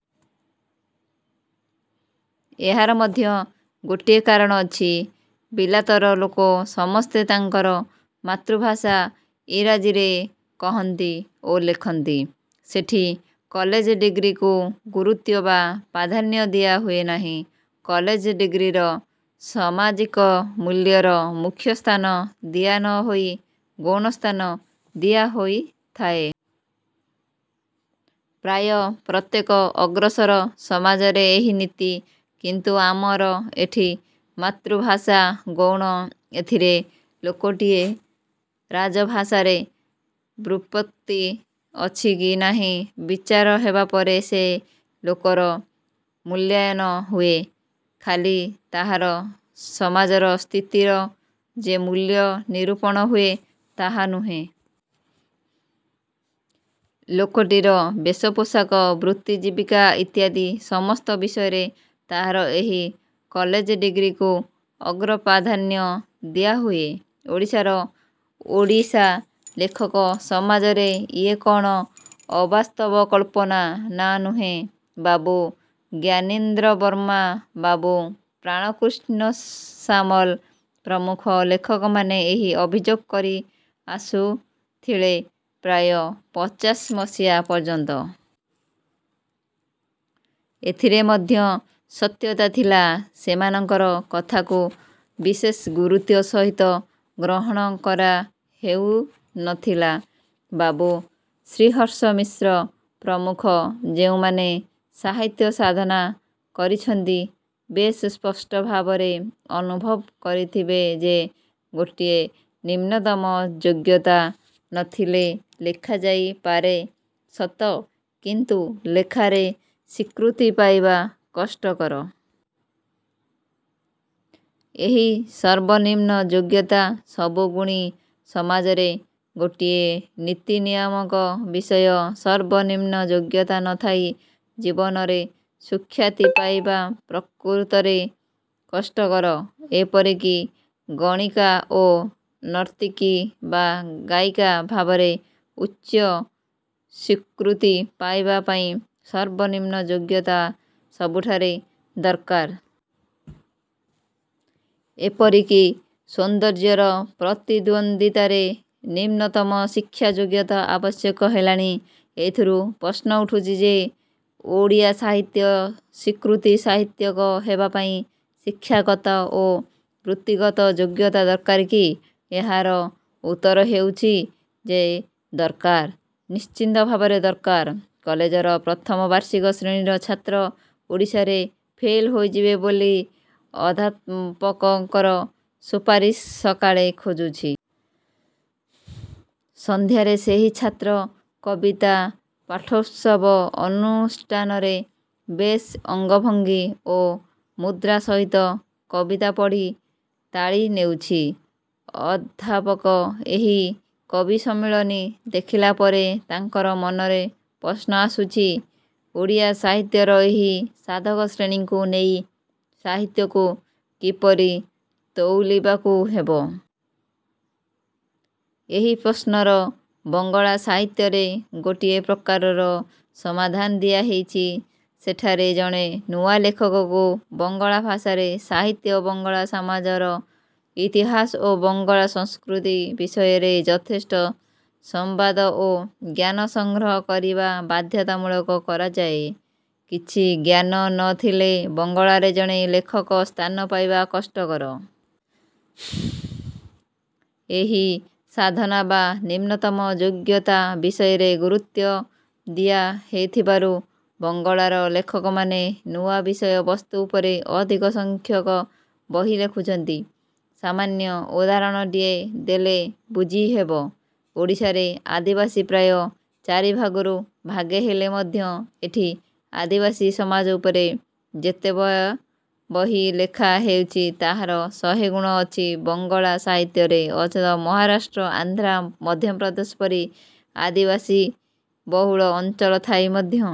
ଏହାର ମଧ୍ୟ ଗୋଟିଏ କାରଣ ଅଛି। ବିଲାତର ଲୋକ ସମସ୍ତେ ତାଙ୍କର ମାତୃଭାଷା ଇଂରାଜିରେ କହନ୍ତି ଓ ଲେଖନ୍ତି। ସେଠି କଲେଜ ଡିଗ୍ରୀକୁ ଗୁରୁତ୍ୱ ବା ପ୍ରାଧାନ୍ୟ ଦିଆ ହୁଏ ନାହିଁ। କଲେଜ ଡିଗ୍ରୀର ସାମାଜିକ ମୂଲ୍ୟରେ ମୁଖ୍ୟସ୍ଥାନ ଦିଆ ନ ହୋଇ ଗୌଣ ସ୍ଥାନ ଦିଆ ହୋଇଥାଏ। ପ୍ରାୟ ପ୍ରତ୍ୟେକ ଅଗ୍ରସର ସମାଜରେ ଏହି ନୀତି। କିନ୍ତୁ ଆମର ଏଠି ମାତୃଭାଷା ଗୌଣ। ଏଥିରେ ଲୋକଟିର ରାଜଭାଷାରେ ବ୍ୟୁତ୍ପତ୍ତି ଅଛି କି ନାହିଁ-ବିଚାର ହେବାପରେ ସେ ଲୋକର ମୂଲ୍ୟାୟନ ହୁଏ। ଖାଲି ତାହାର ସମାଜର ସ୍ଥିତିର ଯେ ମୂଲ୍ୟ ନିରୂପଣ ହୁଏ ତାହା ନୁହେଁ। ଲୋକଟିର ବେଶପୋଷାକ ବୃତ୍ତିଜୀବିକା ଇତ୍ୟାଦି ସମସ୍ତ ବିଷୟରେ ତାହାର ଏହି କଲେଜ ଡିଗ୍ରୀକୁ ଅଗ୍ର-ପ୍ରାଧାନ୍ୟ ଦିଆହୁଏ। ଓଡ଼ିଶାର ଓଡ଼ିଆ ଲେଖକ ସମାଜରେ ଇଏ କ'ଣ ଅବାସ୍ତବ କଳ୍ପନା? -ନା। ନୁହେଁ। ବାବୁ ଜ୍ଞାନୀନ୍ଦ୍ର ବର୍ମା, ବାବୁ ପ୍ରାଣକୃଷ୍ଣ ସାମଲ ପ୍ରମୁଖ ଲେଖକମାନେ ଏହି ଅଭିଯୋଗ କରି ଆସୁଥିଳେ ପ୍ରାୟ ପଚାଶ ମସିହା ପର୍ଯ୍ୟନ୍ତ। ଏଥିରେ ମଧ୍ୟ ସତ୍ୟତା ଥିଲା। ସେମାଙ୍କର କଥାକୁ ବିଶେଷ ଗୁରୁତ୍ୱ ସହିତ ଗ୍ରହଣ କରା ହେଉ ନ ଥିଲା। ବାବୁ ଶ୍ରୀହର୍ଷ ମିଶ୍ର ପ୍ରମୁଖ ଯେଉଁମାନେ ସାହିତ୍ୟ ସାଧନା କରିଛନ୍ତି ବେଶ୍ ସ୍ପଷ୍ଟ ଭାବରେ ଅନୁଭବ କରିଥିବେ ଯେ ଗୋଟିଏ ନିମ୍ନତମ ଯୋଗ୍ୟତା ନ ଥିଲେ ଲେଖା ଯାଇପାରେ ସତ କିନ୍ତୁ ଲେଖାରେ ସ୍ୱୀକୃତି ପାଇବା କଷ୍ଟକର। ଏହି ସର୍ବନିମ୍ନ ଯୋଗ୍ୟତା ସବୁ ଗୁଣୀ ସମାଜରେ ଗୋଟିଏ ନୀତିନିୟାମକ ବିଷୟ। ସର୍ବ-ନିମ୍ନ ଯୋଗ୍ୟତା ନ ଥାଇ ଜୀବନରେ ସୁଖ୍ୟାତି ପାଇବା ପ୍ରକୃତରେ କଷ୍ଟକର। ଏପରି କି ଗଣିକା ଓ ନର୍ତ୍ତକୀ ବା ଗାୟିକା ଭାବରେ ଉଚ୍ଚ ସ୍ୱୀକୃତି ପାଇବା ପାଇଁ ସର୍ବନିମ୍ନ ଯୋଗ୍ୟତା ସବୁଠାରେ ଦରକାର। ଏପରିକି ସୌନ୍ଦର୍ଯ୍ୟର ପ୍ରତିଦ୍ୱନ୍ଦ୍ୱିତାରେ ନିମ୍ନତମ ଶିକ୍ଷା ଯୋଗ୍ୟତା ଆବଶ୍ୟକ ହେଲାଣି। ଏଥିରୁ ପ୍ରଶ୍ନ ଉଠୁଛି ଯେ ଓଡ଼ିଆ ସାହିତ୍ୟର ସ୍ୱୀକୃତ ସାହିତ୍ୟିକ ହେବାପାଇଁ ଶିକ୍ଷାଗତ ଓ ବୃତ୍ତିଗତ ଯୋଗ୍ୟତା ଦରକାର କି? ଏହାର ଉତ୍ତର ହେଉଛି ଯେ ଦରକାର। ନିଶ୍ଚିତ ଭାବରେ ଦରକାର। କଲେଜର ପ୍ରଥମ ବାର୍ଷିକ ଶ୍ରେଣୀର ଛାତ୍ର ଓଡ଼ିଆରେ ଫେଲ ହୋଇଯିବ ବୋଲି ଅଧ୍ୟାପକଙ୍କର ସୁପାରିସ ସକାଳେ ଖୋଜୁଛି। ସନ୍ଧ୍ୟାରେ ସେହି ଛାତ୍ର କବିତା ପାଠୋତ୍ସବ ଅନୁଷ୍ଠାନରେ ବେଶ୍ ଅଙ୍ଗଭଙ୍ଗୀ ଓ ମୁଦ୍ରା ସହିତ କବିତା ପଢ଼ି ତାଳି ନେଉଛି। ଅଧ୍ୟାପକ ଏହି କବି ସମ୍ମିଳନୀ ଦେଖିଲା ପରେ ତାହାର ମନରେ ପ୍ରଶ୍ନ ଆସୁଛି-ଓଡ଼ିଆ ସାହିତ୍ୟର ଏହି ସାଧକଶ୍ରେଣୀଙ୍କୁ ନେଇ ସାହିତ୍ୟକୁ କିପରି ତଉଲିବାକୁ ହେବ? ଏହି ପ୍ରଶ୍ନର ବଙ୍ଗଳା ସାହିତ୍ୟରେ ଗୋଟାଏ ପ୍ରକାରର ସମାଧାନ ଦିଆ ହୋଇଛି। ସେଠାରେ ଜଣେ ନୂଆ ଲେଖକକୁ ବଙ୍ଗଳା ଭାଷାର ସାହିତ୍ୟ, ବଙ୍ଗଳା ସମାଜର ଇତିହାସ ଓ ବଙ୍ଗଳା ସଂସ୍କୃତି ବିଷୟରେ ଯଥେଷ୍ଟ ସମ୍ବାଦ ଓ ଜ୍ଞାନ ସଂଗ୍ରହ କରିବା ବାଧ୍ୟତାମୂଳକ କରାଯାଏ। କିଛି ଜ୍ଞାନ ନ ଥିଲେ ବଙ୍ଗଳାରେ ଜଣେ ଲେଖକ ସ୍ଥାନ ପାଇବା କଷ୍ଟକର। ଏହି ସାଧନା ବା। ନିମ୍ନତମ ଯୋଗ୍ୟତା ବିଷୟରେ ଗୁରୁତ୍ୱ ଦିଆ ହେଉଥିବାରୁ ବଙ୍ଗଳାର ଲେଖକମାନେ ନୂଆ ବିଷୟବସ୍ତୁ ଉପରେ ଅଧିକ ସଂଖ୍ୟକ ବହି ଲେଖୁଛନ୍ତି! ସାମାନ୍ୟ ଉଦାହରଣଟିଏ ଦେଲେ ବୁଝିହବ। ଓଡ଼ିଶାରେ ଆଦିବାସୀ ପ୍ରାୟ ଚାରିଭାଗରୁ ଭାଗେ ହେଲେ ମଧ୍ୟ ଏଠି ଆଦିବାସୀ ସମାଜ ଉପରେ ଯେତେ ବହି ଲେଖା ହେଉଛି ତାହାର ଶହେଗୁଣ ଅଛି ବଙ୍ଗଳା ସାହିତ୍ୟରେ। ଅଥଚ ମହାରାଷ୍ଟ୍ର, ଆନ୍ଧ୍ର, ମଧ୍ୟପ୍ରଦେଶ ପରି ଆଦିବାସୀବହୁଳ ଅଞ୍ଚଳ ଥାଇ ମଧ୍ୟ